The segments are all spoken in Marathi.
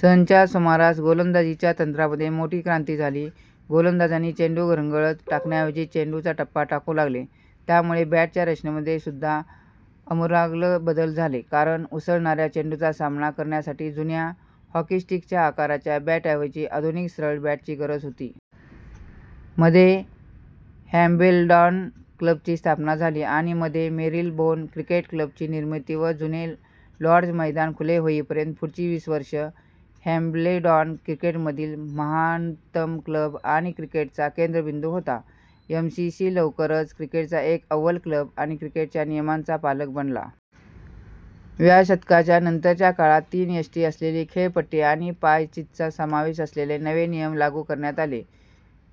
सन च्या सुमारास गोलंदाजीच्या तंत्रामध्ये मोठी क्रांती झाली. गोलंदाजांनी चेंडू घरंगळत टाकण्याऐवजी चेंडूचा टप्पा टाकू लागले. त्यामुळे बॅटच्या रचनेमध्ये सुद्धा अमुलाग्र बदल झाले कारण, उसळणाऱ्या चेंडूचा सामना करण्यासाठी जुन्या "हॉकी स्टिक"च्या आकाराच्या बॅटऐवजी आधुनिक सरळ बॅटची गरज होती. मध्ये हॅम्ब्लेडॉन क्लबची स्थापना झाली आणि मध्ये मेरीलबोन क्रिकेट क्लब ची निर्मिती व जुने लाॅर्ड्ज मैदान खुले होईपर्यंत पुढची वीस वर्षे, हॅम्ब्लेडॉन क्रिकेटमधील महानतम क्लब आणि क्रिकेटचा केंद्रबिंदू होता. एमसीसी लवकरच क्रिकेटचा एक अव्वल क्लब आणि क्रिकेटच्या नियमांचा पालक बनला. व्या शतकाच्या नंतरच्या काळात तीन यष्टी असलेली खेळपट्टी आणि पायचीतचा समावेश असलेले नवे नियम लागू करण्यात आले.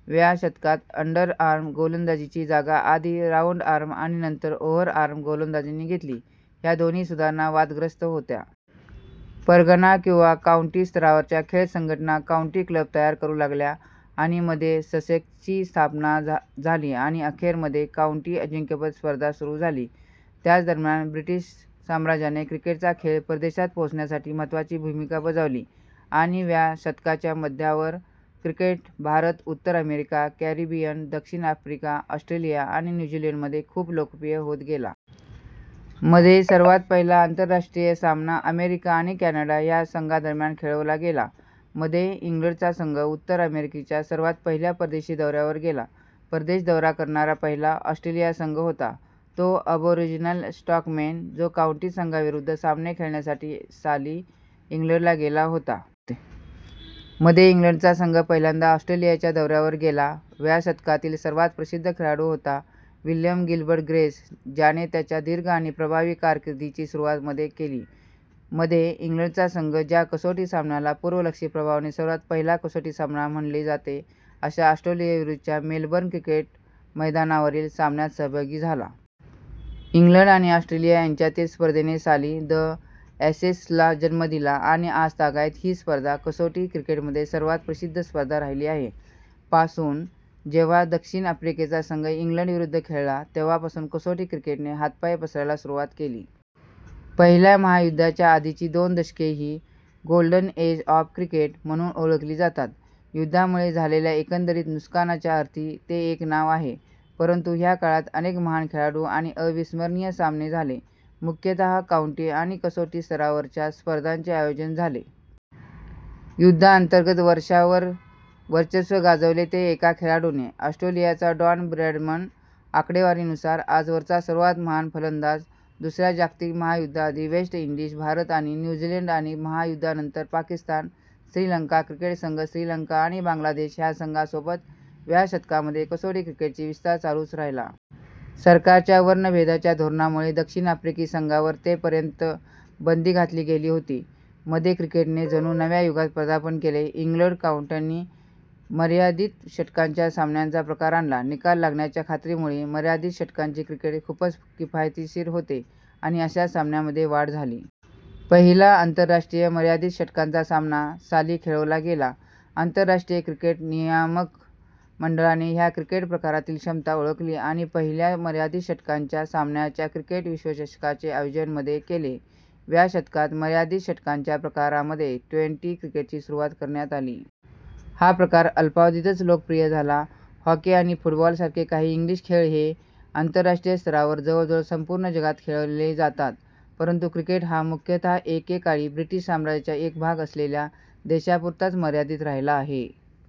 व्या शतकात अंडरआर्म गोलंदाजीची जागा आधी राउंडआर्म आणि नंतर ओव्हरआर्म गोलंदाजीने घेतली. ह्या दोन्ही सुधारणा वादग्रस्त होत्या. परगणा किंवा काऊंटी स्तरावरच्या खेळ संघटना काऊंटी क्लब तयार करू लागल्या आणि मध्ये ससेक्सची स्थापना झाली, आणि अखेर मध्ये काउंटी अजिंक्यपद स्पर्धा सुरू झाली. त्याचदरम्यान ब्रिटिश साम्राज्याने क्रिकेटचा खेळ परदेशात पोहोचण्यासाठी महत्त्वाची भूमिका बजावली आणि व्या शतकाच्या मध्यावर क्रिकेट भारत, उत्तर अमेरिका, कॅरेबियन, दक्षिण आफ्रिका, ऑस्ट्रेलिया आणि न्यू झीलंडमध्ये खूप लोकप्रिय होत गेला. मध्ये, सर्वात पहिला आंतरराष्ट्रीय सामना अमेरिका आणि कॅनडा ह्या संघांदरम्यान खेळवला गेला. मध्ये, इंग्लंडचा संघ, उत्तर अमेरिकेच्या, सर्वात पहिल्या परदेशी दौऱ्यावर गेला. परदेश दौरा करणारा पहिला ऑस्ट्रेलियाई संघ होता तो अबोरिजिनल स्टॉकमेन, जो काऊंटी संघांविरुद्ध सामने खेळण्यासाठी साली इंग्लंडला गेला होता.. मध्ये, इंग्लडचा संघ पहिल्यांदा ऑस्ट्रेलियाच्या दौऱ्यावर गेला. व्या शतकातील सर्वात प्रसिद्ध खेळाडू होता विल्यम गिल्बर्ट ग्रेस, ज्याने त्याच्या दीर्घ आणि प्रभावी कारकिर्दीची सुरुवात मध्ये केली. - मध्ये, इंग्लंडचा संघ ज्या कसोटी सामन्याला पूर्वलक्षी प्रभावाने सर्वात पहिला कसोटी सामना म्हणले जाते अशा ऑस्ट्रेलियाविरुद्धच्या मेलबर्न क्रिकेट मैदानावरील सामन्यात सहभागी झाला. इंग्लंड आणि ऑस्ट्रेलिया यांच्यातील स्पर्धेने साली द ॲशेसला जन्म दिला आणि आजतागायत ही स्पर्धा कसोटी क्रिकेटमध्ये सर्वात प्रसिद्ध स्पर्धा राहिली आहे. - पासून जेव्हा दक्षिण आफ्रिकेचा संघ इंग्लंडविरुद्ध खेळला तेव्हा पासून कसोटी क्रिकेटने हातपाय पसरायला सुरुवात केली. पहिल्या महायुद्धाच्या आधीची दोन दशके ही " गोल्डन एज ऑफ क्रिकेट " म्हणून ओळखली जातात. युद्धामुळे झालेल्या एकंदरीत नुकसानाच्या अर्थी ते एक नाव आहे, परंतु ह्या काळात अनेक महान खेळाडू आणि अविस्मरणीय सामने झाले, मुख्यतः काऊंटी आणि कसोटी स्तरावरच्या स्पर्धांचे आयोजन झाले. युद्धांतर्गत वर्षांवर वर्चस्व गाजवले ते एका खेळाडूने: ऑस्ट्रेलियाचा डॉन ब्रॅडमन, आकडेवारीनुसार आजवरचा सर्वात महान फलंदाज. दुसऱ्या जगातिक महायुद्धाआधी वेस्ट इंडीज, भारत आणि न्यू झीलंड आणि महायुद्धानंतर पाकिस्तान, श्रीलंका क्रिकेट संघ श्रीलंका आणि बांगलादेश ह्या संघासोबत व्या शतकामध्ये कसोटी क्रिकेटची विस्तार चालूच राहिला. सरकारच्या वर्णभेदाच्या धोरणामुळे दक्षिण आफ्रिकी संघावर ते पर्यंत बंदी घातली गेली होती. मध्ये क्रिकेटने जणू नव्या युगात पदार्पण केले. इंग्लंड काऊंट्यांनी मर्यादित षटकांच्या सामन्यांचा प्रकार आणला. निकाल लागण्याच्या खात्रीमुळे, मर्यादित षटकांचे क्रिकेट खूपच किफायतशीर होते आणि अशा सामन्यांमध्ये वाढ झाली. पहिला आंतरराष्ट्रीय मर्यादित षटकांचा सामना साली खेळवला गेला. आंतरराष्ट्रीय क्रिकेट नियामक मंडळाने ह्या क्रिकेट प्रकारातील क्षमता ओळखली आणि पहिल्या मर्यादित षटकांच्या सामन्याच्या क्रिकेट विश्वचषकाचे आयोजन मध्ये केले. व्या शतकात मर्यादित षटकांच्या प्रकारामध्ये ट्वेंटी क्रिकेटची सुरुवात करण्यात आली. हा प्रकार अल्पावधीतच लोकप्रिय झाला. हॉकी आणि फुटबॉलसारखे काही इंग्लिश खेळ हे आंतरराष्ट्रीय स्तरावर जवळजवळ संपूर्ण जगात खेळले जातात, परंतुक्रिकेट हा मुख्यत: एके काळी ब्रिटिश साम्राज्याचा एक भाग असलेल्या देशांपुरताच मर्यादित राहिला आहे.